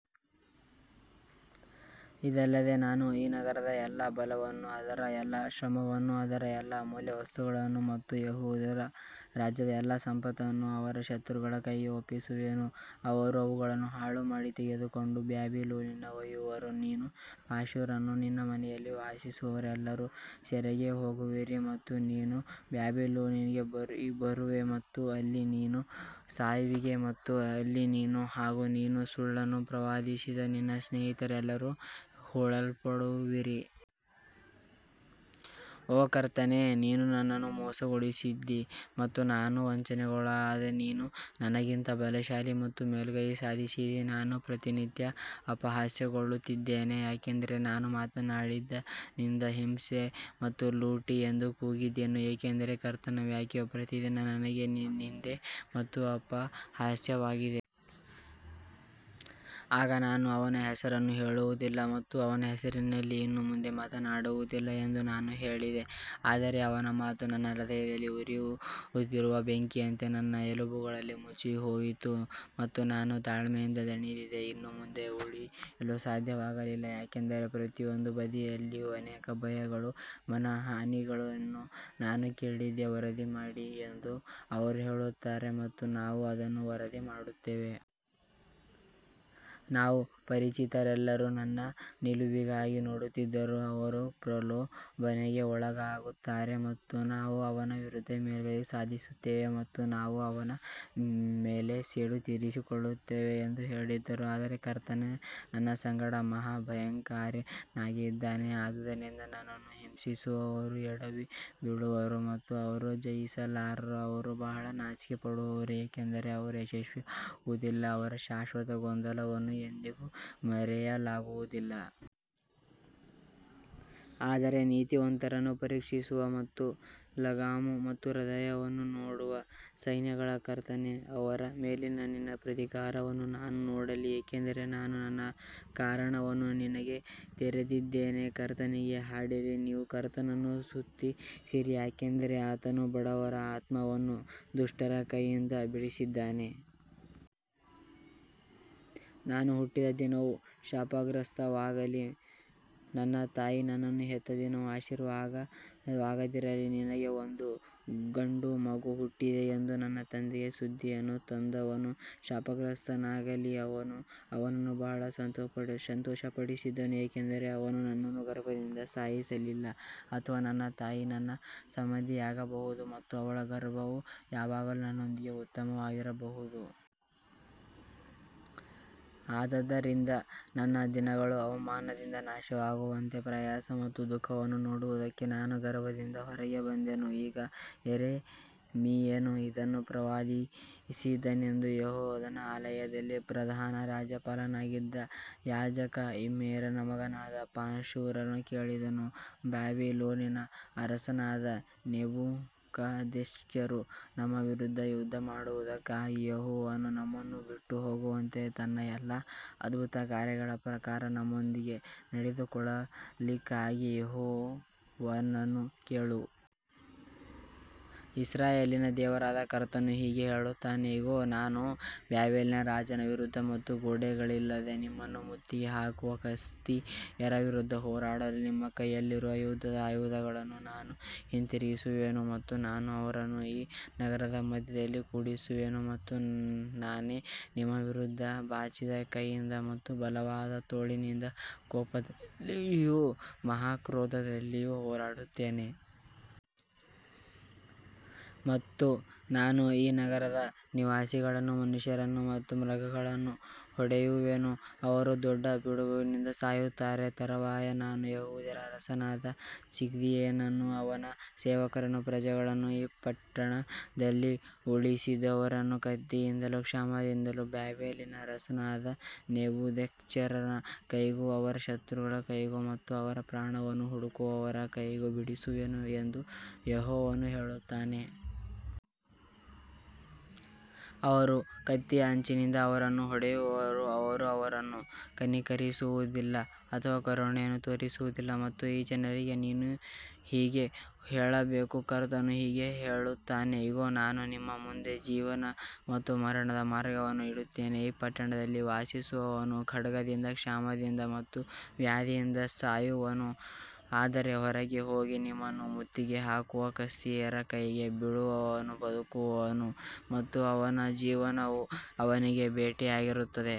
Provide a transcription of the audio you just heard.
ಇದಲ್ಲದೆ ನಾನು ಈ ನಗರದ ಎಲ್ಲಾ ಬಲವನ್ನೂ ಅದರ ಎಲ್ಲಾ ಶ್ರಮವನ್ನೂ ಅದರ ಎಲ್ಲಾ ಅಮೂಲ್ಯ ವಸ್ತುಗಳನ್ನು ಮತ್ತು ಯೆಹೂದದ ರಾಜರ ಎಲ್ಲಾ ಸಂಪತ್ತನ್ನು ಅವರ ಶತ್ರುಗಳ ಕೈಗೆ ಒಪ್ಪಿಸುವೆನು, ಅವರು ಅವುಗಳನ್ನು ಹಾಳುಮಾಡಿ ತೆಗೆದುಕೊಂಡು ಬಾಬಿಲೋನಿಗೆ ಒಯ್ಯುವರು. ನೀನು ಪಾಶೂರನೂ ನಿನ್ನ ಮನೆಯಲ್ಲಿ ವಾಸಿಸುವವರೆಲ್ಲರೂ ಸೆರೆಗೆ ಹೋಗುವಿರಿ ಮತ್ತು ನೀನು ಬಾಬಿಲೋನಿಗೆ ಬರುವೆ ಮತ್ತು ಅಲ್ಲಿ ನೀನು ಸಾಯುವಿ ಮತ್ತು ಅಲ್ಲಿ ನೀನು ಹಾಗೂ ನೀನು ಸುಳ್ಳನ್ನು ಪ್ರವಾದಿಸಿದ ನಿನ್ನ ಸ್ನೇಹಿತರೆಲ್ಲರೂ ಹೂಳಲ್ಪಡುವಿರಿ. ಓ ಕರ್ತನೇ, ನೀನು ನನ್ನನ್ನು ಮೋಸಗೊಳಿಸಿದ್ದೀ ಮತ್ತು ನಾನು ವಂಚನೆಗೊಳಗಾದೆ, ನೀನು ನನಗಿಂತ ಬಲಶಾಲಿ ಮತ್ತು ಮೇಲುಗೈ ಸಾಧಿಸಿದೆ, ನಾನು ಪ್ರತಿನಿತ್ಯ ಅಪಹಾಸ್ಯಕ್ಕೊಳಗಾಗುತ್ತಿದ್ದೇನೆ. ಯಾಕಂದರೆ ನಾನು ಮಾತನಾಡಿದಂದಿನಿಂದ ಹಿಂಸೆ ಮತ್ತು ಲೂಟಿ ಎಂದು ಕೂಗಿದೆನು, ಏಕೆಂದರೆ ಕರ್ತನ ವಾಕ್ಯವು ಪ್ರತಿದಿನ ನನಗೆ ನಿಂದೆ ಮತ್ತು ಅಪಹಾಸ್ಯವಾಗಿದೆ. ಆಗ ನಾನು ಅವನ ಹೆಸರನ್ನು ಹೇಳುವುದಿಲ್ಲ ಮತ್ತು ಅವನ ಹೆಸರಿನಲ್ಲಿ ಇನ್ನು ಮುಂದೆ ಮಾತನಾಡುವುದಿಲ್ಲ ಎಂದು ನಾನು ಹೇಳಿದೆ, ಆದರೆ ಅವನ ಮಾತು ನನ್ನ ಹೃದಯದಲ್ಲಿ ಉರಿಯುತ್ತಿರುವ ಬೆಂಕಿಯಂತೆ ನನ್ನ ಎಲುಬುಗಳಲ್ಲಿ ಮುಚ್ಚಿಹೋಗಿತ್ತು ಮತ್ತು ನಾನು ತಾಳ್ಮೆಯಿಂದ ದಣಿದಿದ್ದೆ, ಇನ್ನು ಮುಂದೆ ಉಳಿಯಲು ಸಾಧ್ಯವಾಗಲಿಲ್ಲ. ಯಾಕಂದರೆ ಪ್ರತಿಯೊಂದು ಬದಿಯಲ್ಲಿಯೂ ಅನೇಕ ಭಯಗಳ ಮಾನಹಾನಿಯನ್ನು ನಾನು ಕೇಳಿದೆ, ವರದಿ ಮಾಡಿ ಎಂದು ಅವರು ಹೇಳುತ್ತಾರೆ ಮತ್ತು ನಾವು ಅದನ್ನು ವರದಿ ಮಾಡುತ್ತೇವೆ. ನನ್ನ ಪರಿಚಿತರೆಲ್ಲರೂ ನನ್ನ ನಿಲುವಿಗಾಗಿ ನೋಡುತ್ತಿದ್ದರು, ಅವರು ಪ್ರಲೋಭನೆಗೆ ಒಳಗಾಗುತ್ತಾರೆ ಮತ್ತು ನಾವು ಅವನ ವಿರುದ್ಧ ಮೇಲುಗೈ ಸಾಧಿಸುತ್ತೇವೆ ಮತ್ತು ನಾವು ಅವನ ಮೇಲೆ ಸೇಡು ತೀರಿಸಿಕೊಳ್ಳುತ್ತೇವೆ ಎಂದು ಹೇಳಿದರು. ಆದರೆ ಕರ್ತನು ನನ್ನ ಸಂಗಡ ಮಹಾ ಭಯಂಕರನಾಗಿ ಇದ್ದಾನೆ, ಆದುದರಿಂದ ನನ್ನನ್ನು ಹಿಂಸಿಸುವವರು ಎಡವಿ ಬೀಳುವರು ಮತ್ತು ಅವರು ಜಯಿಸಲಾರರು, ಅವರು ಬಹಳ ನಾಚಿಕೆಪಡುವರು, ಏಕೆಂದರೆ ಅವರು ಯಶಸ್ವಿಯಾಗುವುದಿಲ್ಲ, ಅವರ ಶಾಶ್ವತ ಗೊಂದಲವನ್ನು ಎಂದಿಗೂ ಮರೆಯಲಾಗುವುದಿಲ್ಲ. ಆದರೆ ನೀತಿವಂತರನ್ನು ಪರೀಕ್ಷಿಸುವ ಮತ್ತು ಲಗಾಮು ಮತ್ತು ಹೃದಯವನ್ನು ನೋಡುವ ಸೈನ್ಯಗಳ ಕರ್ತನೇ, ಅವರ ಮೇಲಿನ ನಿನ್ನ ಪ್ರತೀಕಾರವನ್ನು ನಾನು ನೋಡಲಿ, ಏಕೆಂದರೆ ನಾನು ನನ್ನ ಕಾರಣವನ್ನು ನಿನಗೆ ತೆರೆದಿದ್ದೇನೆ. ಕರ್ತನಿಗೆ ಹಾಡಿರಿ, ನೀವು ಕರ್ತನನ್ನು ಸ್ತುತಿಸಿರಿ, ಯಾಕಂದರೆ ಆತನು ಬಡವರ ಆತ್ಮವನ್ನು ದುಷ್ಟರ ಕೈಯಿಂದ ಬಿಡಿಸಿದ್ದಾನೆ. ನಾನು ಹುಟ್ಟಿದ ದಿನವು ಶಾಪಗ್ರಸ್ತವಾಗಲಿ, ನನ್ನ ತಾಯಿ ನನ್ನನ್ನು ಹೆತ್ತ ದಿನವು ಆಶೀರ್ವಾದವಾಗದಿರಲಿ. ನಿನಗೆ ಒಂದು ಗಂಡುಮಗು ಹುಟ್ಟಿದೆ ಎಂದು ನನ್ನ ತಂದೆಗೆ ಸುದ್ದಿಯನ್ನು ತಂದವನು ಶಾಪಗ್ರಸ್ತನಾಗಲಿ, ಅವನು ಅವನನ್ನು ಬಹಳ ಸಂತೋಷಪಡಿಸಿದನು. ಏಕೆಂದರೆ ಅವನು ನನ್ನನ್ನು ಗರ್ಭದಿಂದ ಸಾಯಿಸಲಿಲ್ಲ ಅಥವಾ ನನ್ನ ತಾಯಿ ನನ್ನ ಸಮಾಧಿಯಾಗಿರಬಹುದು ಮತ್ತು ಅವಳ ಗರ್ಭವು ಯಾವಾಗಲೂ ನನ್ನೊಂದಿಗೆ ಉತ್ತಮವಾಗಿರಬಹುದು. ಆದದರಿಂದ ನನ್ನ ದಿನಗಳು ಅವಮಾನದಿಂದ ನಾಶವಾಗುವಂತೆ ಪ್ರಯಾಸ ಮತ್ತು ದುಃಖವನ್ನು ನೋಡುವುದಕ್ಕೆ ನಾನು ಗರ್ಭದಿಂದ ಹೊರಗೆ ಬಂದೆನು. ಈಗ ಯೆರೆಮೀಯನು ಇದನ್ನು ಪ್ರವಾದಿಸಿದನೆಂದು ಯೆಹೋವನ ಆಲಯದಲ್ಲಿ ಪ್ರಧಾನ ರಾಜ್ಯಪಾಲನಾಗಿದ್ದ ಯಾಜಕ ಇಮ್ಮೇರನ ಮಗನಾದ ಪಾಶೂರನು ಕೇಳಿದನು. ಬಾಬಿಲೋನಿನ ಅರಸನಾದ ನೆಬೂಕದ್ನೆಚ್ಚರನು ನಮ್ಮ ವಿರುದ್ಧ ಯುದ್ಧಮಾಡುವದಕ್ಕಾಗಿ ಯೆಹೋವನು ನಮ್ಮನ್ನು ಬಿಟ್ಟುಹೋಗುವಂತೆ ತನ್ನ ಎಲ್ಲಾ ಅದ್ಭುತಕಾರ್ಯಗಳ ಪ್ರಕಾರ ನಮ್ಮೊಂದಿಗೆ ನಡೆದುಕೊಳ್ಳಲಿಕ್ಕಾಗಿ ಯೆಹೋವನನ್ನು ಕೇಳು. ಇಸ್ರಾಯೇಲಿನ ದೇವರಾದ ಕರ್ತನು ಹೀಗೆ ಹೇಳುತ್ತಾನೆ, ಇಗೋ, ನೀವು ಬಾಬೆಲಿನ ರಾಜನ ವಿರುದ್ಧ ಮತ್ತು ಗೋಡೆಗಳಿಲ್ಲದೆ ನಿಮ್ಮನ್ನು ಮುತ್ತಿಗೆ ಹಾಕುವ ಕಸ್ದೀಯರ ವಿರುದ್ಧ ಹೋರಾಡಲು ನಿಮ್ಮ ಕೈಯಲ್ಲಿರುವ ಯುದ್ಧದ ಆಯುಧಗಳನ್ನು ನಾನು ಹಿಂತಿರುಗಿಸುವೆನು ಮತ್ತು ನಾನು ಅವರನ್ನು ಈ ನಗರದ ಮಧ್ಯದಲ್ಲಿ ಕೂಡಿಸುವೆನು. ಮತ್ತು ನಾನೇ ನಿಮ್ಮ ವಿರುದ್ಧ ಚಾಚಿದ ಕೈಯಿಂದ ಮತ್ತು ಬಲವಾದ ತೋಳಿನಿಂದ ಕೋಪದಲ್ಲಿಯೂ ಕೋಪದಿಂದಲೂ ಮಹಾಕ್ರೋಧದಲ್ಲಿಯೂ ಹೋರಾಡುತ್ತೇನೆ. ಮತ್ತು ನಾನು ಈ ನಗರದ ನಿವಾಸಿಗಳನ್ನು, ಮನುಷ್ಯರನ್ನು ಮತ್ತು ಮೃಗಗಳನ್ನು ಹೊಡೆಯುವೆನು, ಅವರು ದೊಡ್ಡ ಪಿಡುಗಿನಿಂದ ಸಾಯುತ್ತಾರೆ. ತರುವಾಯ ನಾನು ಯೆಹೂದದ ಅರಸನಾದ ಚಿದ್ಕೀಯನನ್ನೂ ಅವನ ಸೇವಕರನ್ನೂ ಪ್ರಜೆಗಳನ್ನೂ ಈ ಪಟ್ಟಣದಲ್ಲಿ ಉಳಿದವರನ್ನೂ ಕತ್ತಿಯಿಂದಲೂ ಕ್ಷಾಮದಿಂದಲೂ ಬಾಬೆಲಿನ ಅರಸನಾದ ನೆಬೂಕದ್ನೆಚ್ಚರನ ಕೈಗೂ ಅವರ ಶತ್ರುಗಳ ಕೈಗೂ ಮತ್ತು ಅವರ ಪ್ರಾಣವನ್ನು ಹುಡುಕುವವರ ಕೈಗೂ ಬಿಡಿಸುವೆನು ಎಂದು ಯೆಹೋವನು ಹೇಳುತ್ತಾನೆ. ಅವರು ಕತ್ತಿಯ ಅಂಚಿನಿಂದ ಅವರನ್ನು ಹೊಡೆಯುವರು, ಅವರು ಅವರನ್ನು ಕನಿಕರಿಸುವುದಿಲ್ಲ ಅಥವಾ ಕರುಣೆಯನ್ನು ತೋರಿಸುವುದಿಲ್ಲ. ಮತ್ತು ಈ ಜನರಿಗೆ ನೀನು ಹೀಗೆ ಹೇಳಬೇಕು, ಕರ್ತನು ಹೀಗೆ ಹೇಳುತ್ತಾನೆ, ಇಗೋ, ನಾನು ನಿಮ್ಮ ಮುಂದೆ ಜೀವನ ಮತ್ತು ಮರಣದ ಮಾರ್ಗವನ್ನು ಇಡುತ್ತೇನೆ. ಈ ಪಟ್ಟಣದಲ್ಲಿ ವಾಸಿಸುವವನು ಖಡ್ಗದಿಂದ, ಕ್ಷಾಮದಿಂದ ಮತ್ತು ವ್ಯಾಧಿಯಿಂದ ಸಾಯುವನು, ಆದರೆ ಹೊರಗೆ ಹೋಗಿ ನಿಮ್ಮನ್ನು ಮುತ್ತಿಗೆ ಹಾಕುವ ಕಸ್ದೀಯರ ಕೈಗೆ ಬೀಳುವವನು ಬದುಕುವನು ಮತ್ತು ಅವನ ಜೀವನವು ಅವನಿಗೆ ಬೇಟೆಯಾಗಿರುತ್ತದೆ.